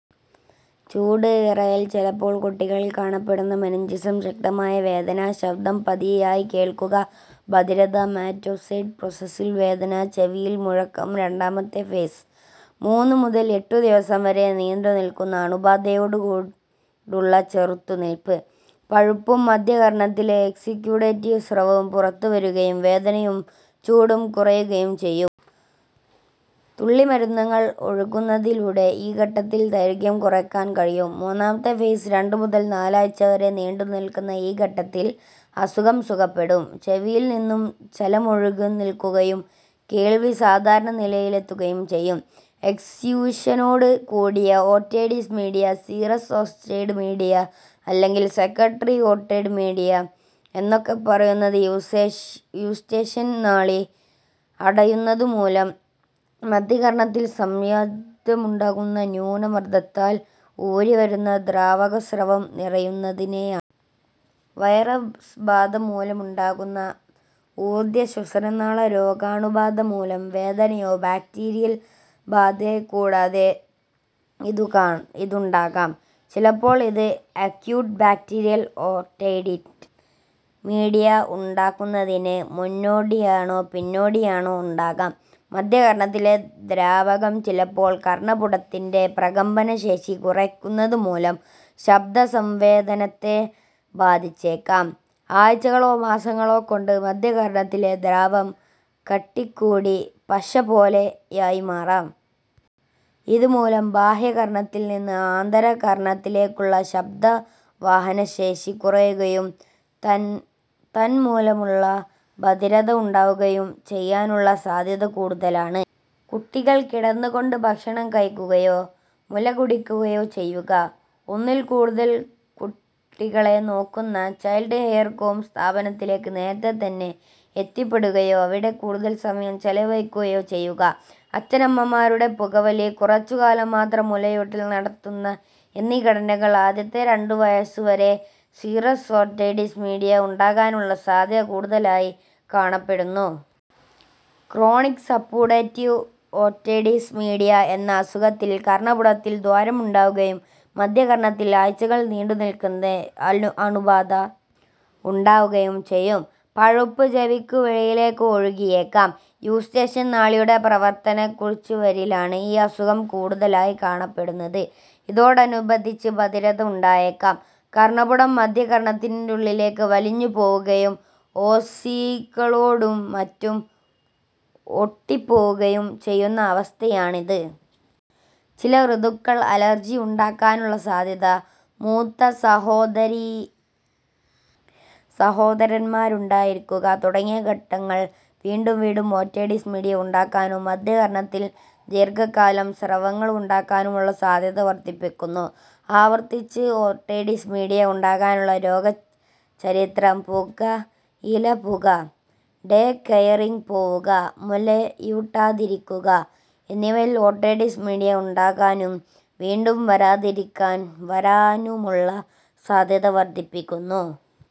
ചൂട്, വിറയൽ, ചിലപ്പോല് കുട്ടികളിൽ കാണപ്പെടുന്ന മെനിഞ്ചിസം, ശക്തമായ വേദന, ശബ്ബ്ദം പതിഞ്ഞതായി കേൾക്കുക, ബധിരത, മാസ്റ്റോയ്ഡ് പ്രോസസ്സിൽ വേദന, ചെവിയിൽ മുഴക്കം. രണ്ടാമത്തെ ഫേസ് -മൂന്നു മുതൽ എട്ടു ദിവസം വരെ നീണ്ടുനിൽക്കുന്ന അണുബാധയോടുള്ള ചെറുത്തു നിൽപ്പ്. പഴുപ്പും മദ്ധ്യകർണ്ണത്തിലെ എക്സ്യുഡേറ്റ് സ്രവവും പുറത്തുവരുകയും വേദനയും ചൂടും കുറയുകയും ചെയ്യും. തുള്ളിമരുന്നുകൾ ഒഴിക്കുന്നതിലൂടെ ഈ ഘട്ടത്തിന്റെ ദൈർഘ്യം കുറയ്ക്കാൻ കഴിയും. മൂന്നാമത്തെ ഫേസ് രണ്ടു മുതൽ നാലാഴ്ച്കവരെ നീണ്ടുനിൽക്കുന്ന ഈ ഘട്ടത്തിൽ അസുഖം സുഖപ്പെടും. ചെവിയിൽ നിന്നുള്ള ചലമൊഴുകൽ നിലയ്ക്കുകയും കേഴ്വി സാധാരണ നിലയിലെത്തുകയും ചെയ്യും. എഫ്യൂഷനോട് കൂടിയ otitis media, serous otitis media, അല്ലെങ്കിൽ സെക്രീറ്ററി ഓട്ടൈറ്റിസ് മീഡിയ, എന്നൊക്കെപ്പറയുന്നത് യൂസ്റ്റേഷ്യൻ നാളി അടയുന്നതു മൂലം മദ്ധ്യകർണ്ണത്തിൽ സംജാതമാകുന്ന ന്യൂനമർദ്ദത്താൽ ഊറിവരുന്ന ദ്രാവകസ്രവം നിറയുന്നതിനെയാണ്. വൈറസ് ബാധ മൂലമുണ്ടാകുന്ന ഊർദ്ധ്വ ശ്വാസനാള രോഗാണുബാധ മൂലം വേദനയോ ബാക്ടീരിയൽ ബാധയോ കൂടാതെ ഇതുണ്ടാകാം. ചിലപ്പോൾ ഇത് അക്യൂട്ട് ബാക്ടീരിയൽ ഓട്ടൈറ്റിസ് മീഡിയ ഉണ്ടാകുന്നതിന് മുന്നോടിയായോ പിന്നാലെയോ ഉണ്ടാകാം. മദ്ധ്യകർണ്ണത്തിലെ ദ്രാവകം ചിലപ്പോൾ കർണ്ണപുടത്തിന്റെ പ്രകമ്പനശേഷി കുറയ്ക്കുന്നതുമൂലം ശബ്ബ്ദ സംവേദനത്തെ ബാധിച്ചേയ്ക്കാം. ആഴ്ച്ചകളോ മാസങ്ങളോ കൊണ്ട് മദ്ധ്യ കർണ്ണത്തിലെ ദ്രാവകം കട്ടി കൂടി പശ പോലെയായി മാറാം. ഇതു മൂലം ബാഹ്യകർണ്ണത്തിൽ നിന്ന് ആന്തര കർണ്ണത്തിലേക്കുള്ള ശബ്ബ്ദ വാഹകശേഷി കുറയുകയും തന്മൂലമുള്ള ബധിരത ഉണ്ടാവുകയും ചെയ്യാനുള്ള സാദ്ധ്യത കൂടുതലാണ്. കുട്ടികൾ കിടന്നുകൊണ്ട് ഭക്ഷണം കഴിക്കുകയോ മുലകുടിക്കുകയോ ചെയ്യുക, ഒന്നിൽ കൂടുതൽ കുട്ടികളെ നോക്കുന്ന ചൈൽഡ് കെയർ സ്ഥാപനത്തിലേക്ക് നേരത്തെ തന്നെ എത്തിപ്പെടുകയോ അവിടെ കൂടുതൽ സമയം ചെലവഴിക്കുകയോ ചെയ്യുക, അച്ഛനമ്മമാരുടെ പുകവലി, കുറച്ചുകാലം മാത്രം മുലയൂട്ടൽ നടത്തുക എന്നീ ഘടകങ്ങൾ ആദ്യത്തെ രണ്ടു വയസ്സുവരെ സീറസ് ഓട്ടൈറ്റിസ് മീഡിയ ഉണ്ടാകാനുള്ള സാദ്ധ്യത കൂട്ടുന്നതായി കാണപ്പെടുന്നു. ക്രോണിക് സപ്പുറേറ്റീവ് ഓട്ടൈറ്റിസ് മീഡിയ എന്ന അസുഖത്തിൽ കർണ്ണപുടത്തിൽ ദ്വാരമുണ്ടാവുകയും മദ്ധ്യകർണ്ണത്തിൽ ആഴ്ച്ചകൾ നീണ്ടുനിൽക്കുന്ന അണുബാധ ഉണ്ടാവുകയും ചെയ്യും. പഴുപ്പ് ചെവിക്കു വെളിയിലേയ്ക്ക് ഒഴുകിയേക്കാം. യൂസ്റ്റേഷ്യൻ നാളിയുടെ പ്രവർത്തനക്കുറവുള്ളവരിലാണ് ഈ അസുഖം കൂടുതലായി കാണപ്പെടുന്നത്. ഇതോടനുബന്ധിച്ച് ബധിരത ഉണ്ടായേക്കാം. കർണ്ണപുടം മദ്ധ്യകർണ്ണത്തിനുള്ളിലേയ്ക്ക് വലിഞ്ഞുപോവുകയും ഓസിക്കിളുകളോടും മറ്റും ഒട്ടിപ്പോവുകയും ചെയ്യുന്ന അവസ്ഥയാണിത്. ചില ഋതുക്കൾ, അലർജിയുണ്ടാകാനുള്ള സാദ്ധ്യത, മൂത്ത സഹോദരീസഹോദരന്മാരുണ്ടായിരിക്കുക, തുടങ്ങിയ ഘടകങ്ങൾ വീണ്ടും വീണ്ടും ഓട്ടൈറ്റിസ് മീഡിയ ഉണ്ടാകാനും മദ്ധ്യകർണ്ണത്തിൽ ദീർഘകാലം സ്രവങ്ങളുണ്ടാക്കാനുമുള്ള സാദ്ധ്യത വർദ്ധിപ്പിക്കുന്നു. ആവർത്തിച്ച് ഓട്ടൈറ്റിസ് മീഡിയ ഉണ്ടായിട്ടുള്ള രോഗചരിത്രം, പുകയിലപ്പുക, ഡേ കെയറിൽ പോവുക, മുലയൂട്ടാതിരിക്കുക എന്നിവയും ഓട്ടൈറ്റിസ് മീഡിയ ഉണ്ടാകാനും വീണ്ടും വരാനുമുള്ള സാദ്ധ്യത വർദ്ധിപ്പിക്കുന്നു.